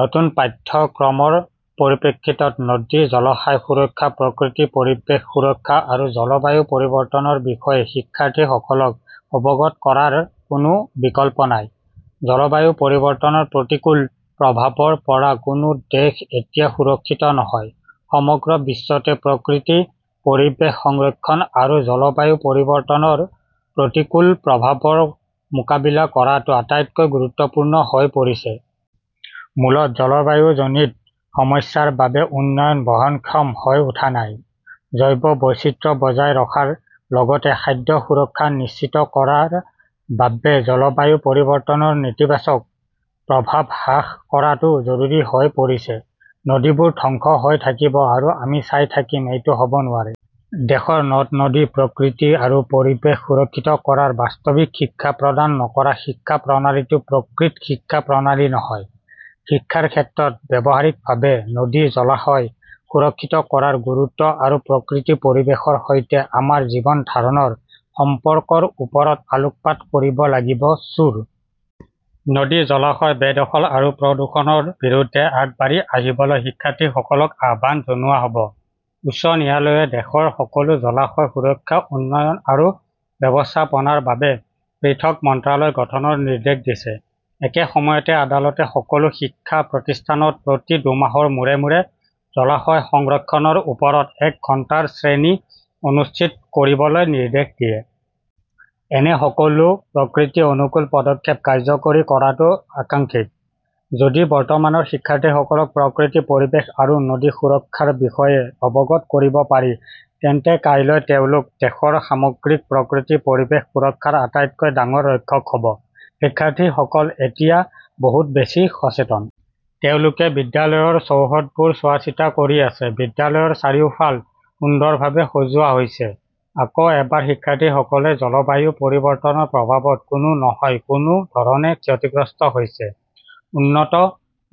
নতুন পাঠ্যক্ৰমৰ পৰিপ্ৰেক্ষিতত, নদী-জলাশয় সুৰক্ষা, প্ৰকৃতি-পৰিৱেশ সুৰক্ষা আৰু জলবায়ু পৰিৱৰ্তনৰ বিষয়ে শিক্ষাৰ্থীসকলক অৱগত কৰাৰ কোনো বিকল্প নাই। জলবায়ু পৰিৱৰ্তনৰ প্ৰতিকূল প্ৰভাৱৰ পৰা কোনো দেশ এতিয়া সুৰক্ষিত নহয়। সমগ্ৰ বিশ্বতে প্ৰকৃতি-পৰিৱেশ সংৰক্ষণ আৰু জলবায়ু পৰিৱৰ্তনৰ প্ৰতিকূল প্ৰভাৱৰ মোকাবিলা কৰাটো আটাইতকৈ গুৰুত্বপূৰ্ণ হৈ পৰিছে। মূলতঃ জলবায়ুজনিত সমস্যাৰ বাবে উন্নয়ন বহনক্ষম হৈ উঠা নাই। জৈৱ বৈচিত্ৰ্য বজাই ৰখাৰ লগতে খাদ্য সুৰক্ষা নিশ্চিত কৰাৰ বাবে জলবায়ু পৰিৱৰ্তনৰ নেতিবাচক প্ৰভাৱ হ্ৰাস কৰাটো জৰুৰী হৈ পৰিছে। নদীবোৰ ধ্বংস হৈ থাকিব আৰু আমি চাই থাকিম, এইটো হ'ব নোৱাৰে। দেশৰ নদ-নদী, প্ৰকৃতি আৰু পৰিৱেশ সুৰক্ষিত কৰাৰ বাস্তৱিক শিক্ষা প্ৰদান নকৰা শিক্ষা প্ৰণালীটো প্ৰকৃত শিক্ষা প্ৰণালী নহয়। শিক্ষাৰ ক্ষেত্ৰত ব্যৱহাৰিকভাৱে নদী-জলাশয় সুৰক্ষিত কৰাৰ গুৰুত্ব আৰু প্ৰকৃতি-পৰিৱেশৰ সৈতে আমাৰ জীৱন ধাৰণৰ সম্পৰ্কৰ ওপৰত আলোকপাত কৰিব লাগিব ছুৰ। নদী-জলাশয় বে-দখল আৰু প্ৰদূষণৰ বিৰুদ্ধে আগবাঢ়ি আহিবলৈ শিক্ষাৰ্থীসকলক আহ্বান জনোৱা হ'ব। উচ্চ ন্যায়ালয়ে দেশৰ সকলো জলাশয় সুৰক্ষা, উন্নয়ন আৰু ব্যৱস্থাপনাৰ বাবে পৃথক মন্ত্ৰালয় গঠনৰ নিৰ্দেশ দিছে। একে সময়তে আদালতে সকলো শিক্ষা প্ৰতিষ্ঠানত প্ৰতি দুমাহৰ মূৰে মূৰে জলাশয় সংৰক্ষণৰ ওপৰত এক ঘণ্টাৰ শ্ৰেণী অনুষ্ঠিত কৰিবলৈ নিৰ্দেশ দিয়ে। এনে সকলো প্ৰকৃতি-অনুকূল পদক্ষেপ কাৰ্যকৰী কৰাটো আকাংক্ষিত। যদি বৰ্তমানৰ শিক্ষাৰ্থীসকলক প্ৰকৃতি-পৰিৱেশ আৰু নদী সুৰক্ষাৰ বিষয়ে অৱগত কৰিব পাৰি, তেন্তে কাইলৈ তেওঁলোক দেশৰ সামগ্ৰিক প্ৰকৃতি-পৰিৱেশ সুৰক্ষাৰ আটাইতকৈ ডাঙৰ ৰক্ষক হ'ব। শিক্ষাৰ্থীসকল এতিয়া বহুত বেছি সচেতন। তেওঁলোকে বিদ্যালয়ৰ চৌহদবোৰ চোৱাচিতা কৰি আছে, বিদ্যালয়ৰ চাৰিওফাল সুন্দৰভাৱে সজোৱা হৈছে। আকৌ এবাৰ শিক্ষাৰ্থীসকলে জলবায়ু পৰিৱৰ্তনৰ প্ৰভাৱত কোনো নহয় কোনো ধৰণে ক্ষতিগ্ৰস্ত হৈছে। উন্নত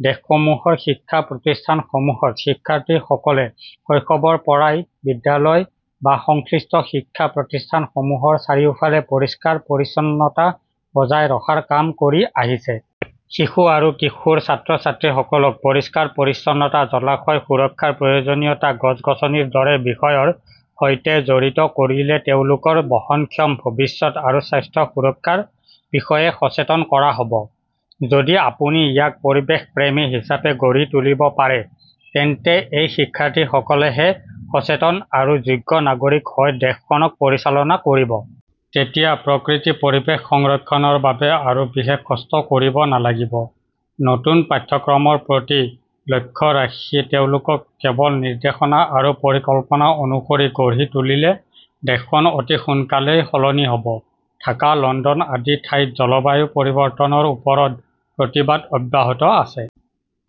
দেশসমূহৰ শিক্ষা প্ৰতিষ্ঠানসমূহত শিক্ষাৰ্থীসকলে শৈশৱৰ পৰাই বিদ্যালয় বা সংশ্লিষ্ট শিক্ষা প্ৰতিষ্ঠানসমূহৰ চাৰিওফালে পৰিষ্কাৰ-পৰিচ্ছন্নতা বজাই ৰখাৰ কাম কৰি আহিছে। শিশু আৰু কিশোৰ ছাত্ৰ-ছাত্ৰীসকলক পৰিষ্কাৰ-পৰিচ্ছন্নতা, জলাশয় সুৰক্ষাৰ প্ৰয়োজনীয়তা, গছ-গছনিৰ দৰে বিষয়ৰ সৈতে জড়িত কৰিলে তেওঁলোকৰ বহনক্ষম ভৱিষ্যত আৰু স্বাস্থ্য সুৰক্ষাৰ বিষয়েও সচেতন কৰা হ'ব। যদি আপুনি ইয়াক পৰিৱেশপ্ৰেমী হিচাপে গঢ়ি তুলিব পাৰে, তেন্তে এই শিক্ষাৰ্থীসকলেহে সচেতন আৰু যোগ্য নাগৰিক হৈ দেশখনক পৰিচালনা কৰিব। তেতিয়া প্ৰকৃতি-পৰিৱেশ সংৰক্ষণৰ বাবে আৰু বিশেষ কষ্ট কৰিব নালাগিব। নতুন পাঠ্যক্ৰমৰ প্ৰতি লক্ষ্য ৰাখি তেওঁলোকক কেৱল নিৰ্দেশনা আৰু পৰিকল্পনা অনুসৰি গঢ়ি তোলিলে দেশখন অতি সোনকালেই সলনি হ'ব। ঢাকা, লণ্ডন আদি ঠাইত জলবায়ু পৰিৱৰ্তনৰ ওপৰত প্ৰতিবাদ অব্যাহত আছে।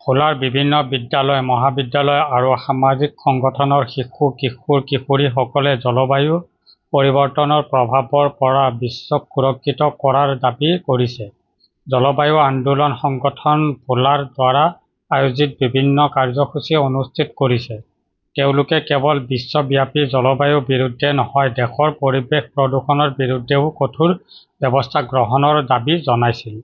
ভোলাৰ বিভিন্ন বিদ্যালয়, মহাবিদ্যালয় আৰু সামাজিক সংগঠনৰ শিশু, কিশোৰ-কিশোৰীসকলে জলবায়ু পৰিৱৰ্তনৰ প্ৰভাৱৰ পৰা বিশ্বক সুৰক্ষিত কৰাৰ দাবী কৰিছে। জলবায়ু আন্দোলন সংগঠন ভোলাৰ দ্বাৰা আয়োজিত বিভিন্ন কাৰ্যসূচী অনুষ্ঠিত কৰিছে। তেওঁলোকে কেৱল বিশ্বব্যাপী জলবায়ু বিৰুদ্ধে নহয়, দেশৰ পৰিৱেশ প্ৰদূষণৰ বিৰুদ্ধেও কঠোৰ ব্যৱস্থা গ্ৰহণৰ দাবী জনাইছিল।